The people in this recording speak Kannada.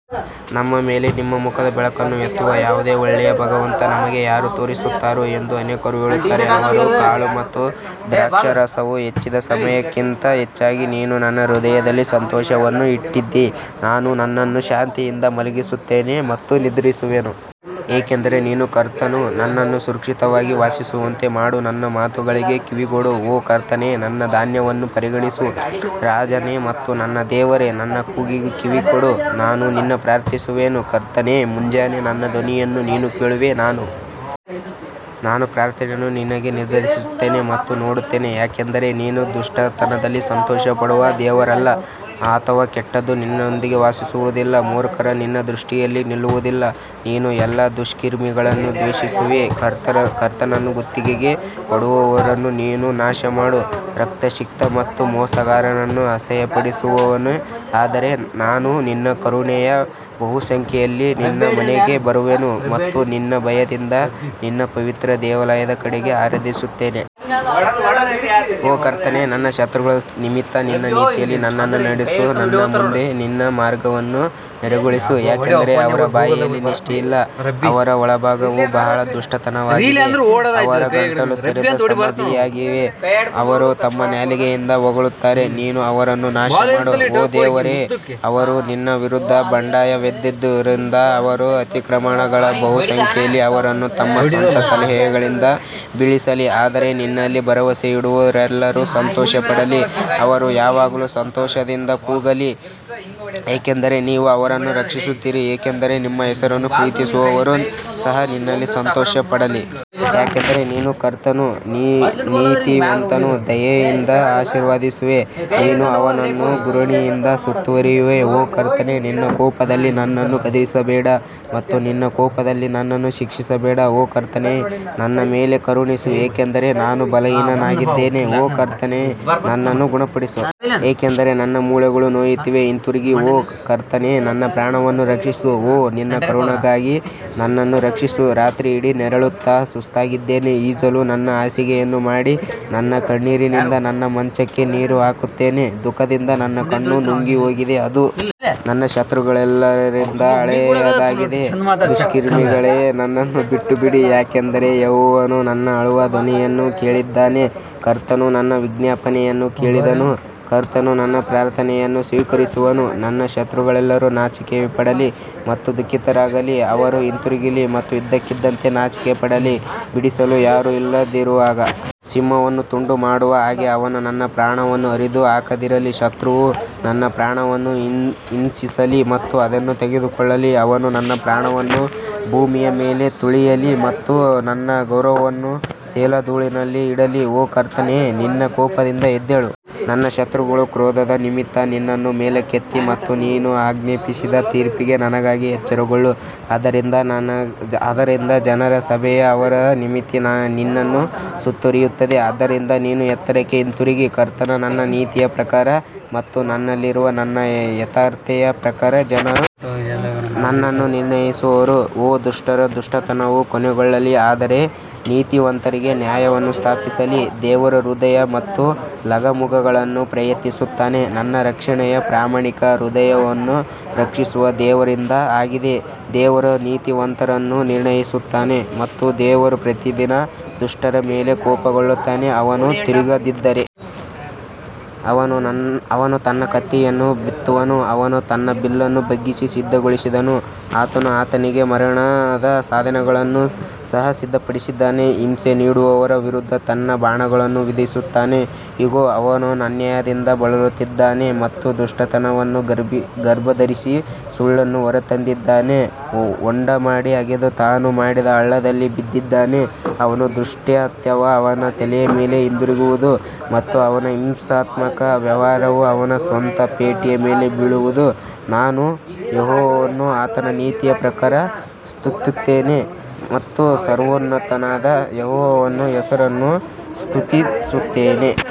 ನಮ್ಮ ಮೇಲೆ ನಿಮ್ಮ ಮುಖದ ಬೆಳಕನ್ನು ಎತ್ತುವ ಯಾವುದೇ ಒಳ್ಳೆಯ ಭಗವಂತ ನಮಗೆ ಯಾರು ತೋರಿಸುತ್ತಾರೆ ಎಂದು ಅನೇಕರು ಹೇಳುತ್ತಾರೆ ಅವರ ಕಾಳು ಮತ್ತು ದ್ರಾಕ್ಷಾರಸವು ಹೆಚ್ಚಿದ ಸಮಯಕ್ಕಿಂತ ಹೆಚ್ಚಾಗಿ ನೀನು ನನ್ನ ಹೃದಯದಲ್ಲಿ ಸಂತೋಷವನ್ನು ಇಟ್ಟಿದ್ದೀ ನಾನು ನನ್ನನ್ನು ಶಾಂತಿಯಿಂದ ಮಲಗಿಸುತ್ತೇನೆ ಮತ್ತು ನಿದ್ರಿಸುವೆನು ಏಕೆಂದರೆ ನೀನು ಕರ್ತನು ನನ್ನನ್ನು ಸುರಕ್ಷಿತವಾಗಿ ವಾಸಿಸುವಂತೆ ಮಾಡು ನನ್ನ ಮಾತುಗಳಿಗೆ ಕಿವಿಗೊಡು ಓ ಕರ್ತನೇ ನನ್ನ ಧ್ಯಾನವನ್ನು ಪರಿಗಣಿಸು ನನ್ನ ರಾಜನೇ ಮತ್ತು ನನ್ನ ದೇವರೇ ನನ್ನ ಕೂಗಿಗೆ ಕಿವಿಗೊಡು, ನಾನು ನಿನ್ನನ್ನು ಪ್ರಾರ್ಥಿಸುವೆನು ಕರ್ತನೇ ಮುಂಜಾನೆ ನನ್ನ ಧ್ವನಿಯನ್ನು ನೀನು ಕೇಳುವೆ, ನಾನು ನನ್ನ ಪ್ರಾರ್ಥನೆಯನ್ನು ನಿನಗೆ ನಿರ್ದೇಶಿಸುತ್ತೇನೆ ಮತ್ತು ನೋಡುತ್ತೇನೆ ಯಾಕಂದರೆ ನೀನು ದುಷ್ಟತನದಲ್ಲಿ ಸಂತೋಷಪಡುವ ದೇವರಲ್ಲ ಅಥವಾ ಕೆಟ್ಟದ್ದು ನಿನ್ನೊಂದಿಗೆ ವಾಸಿಸುವುದಿಲ್ಲ ಮೂರ್ಖರು ನಿನ್ನ ದೃಷ್ಟಿಯಲ್ಲಿ ನಿಲ್ಲುವದಿಲ್ಲ, ನೀನು ಎಲ್ಲಾ ದುಷ್ಕರ್ಮಿಗಳನ್ನು ದ್ವೇಷಿಸುವಿ ಕರ್ತನನ್ನು ಗುತ್ತಿಗೆಗೆ ಕೊಡುವವರನ್ನು ನೀನು ನಾಶಮಾಡು, ರಕ್ತಸಿಕ್ತ ಮತ್ತು ಮೋಸಗಾರನನ್ನು ಅಸಹ್ಯಪಡಿಸುವನು ಆದರೆ ನಾನು ನಿನ್ನ ಕರುಣೆಯ ಬಹುಸಂಖ್ಯೆಯಲ್ಲಿ ನಿನ್ನ ಮನೆಗೆ ಬರುವೆನು ಮತ್ತು ನಿನ್ನ ಭಯದಿಂದ ನಿನ್ನ ಪವಿತ್ರ ದೇವಾಲಯದ ಕಡೆಗೆ ಆರಾಧಿಸುತ್ತೇನೆ. ಓ ಕರ್ತನೇ, ನನ್ನ ಶತ್ರುಗಳ ನಿಮಿತ್ತ ನಿನ್ನ ನೀತಿಯಲ್ಲಿ ನನ್ನನ್ನು ನಡೆಸು, ನನ್ನ ಮುಂದೆ ನಿನ್ನ ಮಾರ್ಗವನ್ನು ನೇರಗೊಳಿಸು ಯಾಕಂದರೆ ಅವರ ಬಾಯಿಯಲ್ಲಿ ನಿಷ್ಠೆಯಿಲ್ಲ, ಅವರ ಒಳಭಾಗವು ಬಹಳ ದುಷ್ಟತನವಾಗಿದೆ, ಅವರ ಗಂಟಲು ತೆರೆದ ಸಮಾಧಿಯಾಗಿದೆ ಅವರು ತಮ್ಮ ನಾಲಿಗೆಯಿಂದ ಹೊಗಳುತ್ತಾರೆ ನೀನು ಅವರನ್ನು ನಾಶಮಾಡು ಓ ದೇವರೇ, ಅವರು ನಿನ್ನ ವಿರುದ್ಧ ಬಂಡಾಯವೆದ್ದಿರುವದರಿಂದ ಅವರ ಅತಿಕ್ರಮಣಗಳ ಬಹುಸಂಖ್ಯೆಯಲ್ಲಿ ಅವರನ್ನು ತಮ್ಮ ಸ್ವಂತ ಸಲಹೆಗಳಿಂದ ಬೀಳಿಸಲಿ ಆದರೆ ನಿನ್ನಲ್ಲಿ ಭರವಸೆಯಿಡುವವರೆಲ್ಲರೂ ಸಂತೋಷಪಡಲಿ, ಅವರು ಯಾವಾಗಲೂ ಸಂತೋಷದಿಂದ ಕೂಗಲಿ, ಏಕೆಂದರೆ ನೀವು ಅವರನ್ನು ರಕ್ಷಿಸುತ್ತೀರಿ ಏಕೆಂದರೆ ನಿಮ್ಮ ಹೆಸರನ್ನು ಪ್ರೀತಿಸುವವರು ಸಹ ನಿನ್ನಲ್ಲಿ ಸಂತೋಷಪಡಲಿ. ಯಾಕಂದರೆ ನೀನು ಕರ್ತನು ನೀತಿವಂತನನ್ನು ದಯೆಯಿಂದ ಆಶೀರ್ವದಿಸುವೆ, ನೀನು ಅವನನ್ನು ಗುರಾಣಿಯಿಂದ ಸುತ್ತುವರಿಯುವೆ ಓ ಕರ್ತನೇ ನಿನ್ನ ಕೋಪದಲ್ಲಿ ನನ್ನನ್ನು ಗದರಿಸಬೇಡ ಮತ್ತು ನಿನ್ನ ಕೋಪದಲ್ಲಿ ನನ್ನನ್ನು ಶಿಕ್ಷಿಸಬೇಡ ಓ ಕರ್ತನೇ ನನ್ನ ಮೇಲೆ ಕರುಣಿಸು, ಏಕೆಂದರೆ ನಾನು ಬಲಹೀನನಾಗಿದ್ದೇನೆ, ಓ ಕರ್ತನೇ ನನ್ನನ್ನು ಗುಣಪಡಿಸು, ಏಕೆಂದರೆ ನನ್ನ ಮೂಳೆಗಳು ನೋಯುತ್ತಿವೆ ಹಿಂತಿರುಗಿ ಓ ಕರ್ತನೇ ನನ್ನ ಪ್ರಾಣವನ್ನು ರಕ್ಷಿಸು ಓ ನಿನ್ನ ಕರುಣೆಗಾಗಿ ನನ್ನನ್ನು ರಕ್ಷಿಸು ರಾತ್ರಿಯಿಡೀ ನರಳುತ್ತಾ ಸುಸ್ತಾಗಿದ್ದೇನೆ ಈಜಲು ನನ್ನ ಹಾಸಿಗೆಯನ್ನು ಮಾಡಿ ನನ್ನ ಕಣ್ಣೀರಿನಿಂದ ನನ್ನ ಮಂಚಕ್ಕೆ ನೀರು ಹಾಕುತ್ತೇನೆ ದುಃಖದಿಂದ ನನ್ನ ಕಣ್ಣು ನುಂಗಿಹೋಗಿದೆ, ಅದು ನನ್ನ ಶತ್ರುಗಳೆಲ್ಲರಿಂದ ಹಳೆಯದಾಗಿದೆ ದುಷ್ಕರ್ಮಿಗಳೇ ನನ್ನನ್ನು ಬಿಟ್ಟುಬಿಡಿ, ಯಾಕಂದರೆ ಯೆಹೋವನು ನನ್ನ ಅಳುವ ಧ್ವನಿಯನ್ನು ಕೇಳಿದ್ದಾನೆ ಕರ್ತನು ನನ್ನ ವಿಜ್ಞಾಪನೆಯನ್ನು ಕೇಳಿದನು ಕರ್ತನು ನನ್ನ ಪ್ರಾರ್ಥನೆಯನ್ನು ಸ್ವೀಕರಿಸುವನು ನನ್ನ ಶತ್ರುಗಳೆಲ್ಲರೂ ನಾಚಿಕೆಪಡಲಿ ಮತ್ತು ದುಃಖಿತರಾಗಲಿ, ಅವರು ಹಿಂತಿರುಗಲಿ ಮತ್ತು ಇದ್ದಕ್ಕಿದ್ದಂತೆ ನಾಚಿಕೆಪಡಲಿ ಬಿಡಿಸಲು ಯಾರೂ ಇಲ್ಲದಿರುವಾಗ ಸಿಂಹವನ್ನು ತುಂಡು ಮಾಡುವ ಹಾಗೆ ಅವನು ನನ್ನ ಪ್ರಾಣವನ್ನು ಹರಿದು ಹಾಕದಿರಲಿ ಶತ್ರುವು ನನ್ನ ಪ್ರಾಣವನ್ನು ಹಿಂಸಿಸಲಿ ಮತ್ತು ಅದನ್ನು ತೆಗೆದುಕೊಳ್ಳಲಿ, ಅವನು ನನ್ನ ಪ್ರಾಣವನ್ನು ಭೂಮಿಯ ಮೇಲೆ ತುಳಿಯಲಿ ಮತ್ತು ನನ್ನ ಗೌರವವನ್ನು ಸೆಲಾ ಧೂಳಿನಲ್ಲಿ ಇಡಲಿ ಓ ಕರ್ತನೇ ನಿನ್ನ ಕೋಪದಿಂದ ಎದ್ದೇಳು, ನನ್ನ ಶತ್ರುಗಳ ಕ್ರೋಧದ ನಿಮಿತ್ತ ನಿನ್ನನ್ನು ಮೇಲಕ್ಕೆತ್ತಿ ಮತ್ತು ನೀನು ಆಜ್ಞಾಪಿಸಿದ ತೀರ್ಪಿಗೆ ನನಗಾಗಿ ಎಚ್ಚರಗೊಳ್ಳು ಆದ್ದರಿಂದ ಜನರ ಸಭೆಯು ಅವರ ನಿಮಿತ್ತ ನಿನ್ನನ್ನು ಸುತ್ತುವರಿಯುತ್ತದೆ ಆದ್ದರಿಂದ ನೀನು ಎತ್ತರಕ್ಕೆ ಹಿಂತಿರುಗಿ ಕರ್ತನು ನನ್ನ ನೀತಿಯ ಪ್ರಕಾರ ಮತ್ತು ನನ್ನಲ್ಲಿರುವ ನನ್ನ ಯಥಾರ್ಥತೆಯ ಪ್ರಕಾರ ಜನರು ನನ್ನನ್ನು ನಿರ್ಣಯಿಸುವರು ಓ ದುಷ್ಟರ ದುಷ್ಟತನವು ಕೊನೆಗೊಳ್ಳಲಿ ಆದರೆ ನೀತಿವಂತರಿಗೆ ನ್ಯಾಯವನ್ನು ಸ್ಥಾಪಿಸಲಿ ದೇವರು ಹೃದಯ ಮತ್ತು ಲಗಾಮುಗಳನ್ನು ಪ್ರಯತ್ನಿಸುತ್ತಾನೆ ನನ್ನ ರಕ್ಷಣೆಯು ಪ್ರಾಮಾಣಿಕ ಹೃದಯವನ್ನು ರಕ್ಷಿಸುವ ದೇವರಿಂದ ಆಗಿದೆ ದೇವರು ನೀತಿವಂತರನ್ನು ನಿರ್ಣಯಿಸುತ್ತಾನೆ ಮತ್ತು ದೇವರು ಪ್ರತಿದಿನ ದುಷ್ಟರ ಮೇಲೆ ಕೋಪಗೊಳ್ಳುತ್ತಾನೆ ಅವನು ತಿರುಗದಿದ್ದರೆ ಅವನು ತನ್ನ ಕತ್ತಿಯನ್ನು ಬಿತ್ತುವನು, ಅವನು ತನ್ನ ಬಿಲ್ಲನ್ನು ಬಗ್ಗಿಸಿ ಸಿದ್ಧಗೊಳಿಸಿದನು ಆತನು ಆತನಿಗೆ ಮರಣದ ಸಾಧನಗಳನ್ನು ಸಹ ಸಿದ್ಧಪಡಿಸಿದ್ದಾನೆ, ಹಿಂಸೆ ನೀಡುವವರ ವಿರುದ್ಧ ತನ್ನ ಬಾಣಗಳನ್ನು ವಿಧಿಸುತ್ತಾನೆ ಇಗೋ, ಅವನು ಅನ್ಯಾಯದಿಂದ ಬಳಲುತ್ತಿದ್ದಾನೆ ಮತ್ತು ದುಷ್ಟತನವನ್ನು ಗರ್ಭಧರಿಸಿ ಸುಳ್ಳನ್ನು ಹೊರತಂದಿದ್ದಾನೆ ಹೊಂಡ ಮಾಡಿ ಅಗೆದು ತಾನು ಮಾಡಿದ ಹಳ್ಳದಲ್ಲಿ ಬಿದ್ದಿದ್ದಾನೆ ಅವನ ದುಷ್ಕೃತ್ಯವು ಅವನ ತಲೆಯ ಮೇಲೆ ಹಿಂದಿರುಗುವದು ಮತ್ತು ಅವನ ಹಿಂಸಾತ್ಮಕ ವ್ಯವಹಾರವು ಅವನ ಸ್ವಂತ ಪೇಟೆಯ ಮೇಲೆ ಬೀಳುವದು ನಾನು ಯೆಹೋವನನ್ನು ಆತನ ನೀತಿಯ ಪ್ರಕಾರ ಸ್ತುತಿಸುತ್ತೇನೆ ಮತ್ತು ಸರ್ವೋನ್ನತನಾದ ಯೆಹೋವನ ಹೆಸರನ್ನು ಸ್ತುತಿಸುತ್ತೇನೆ.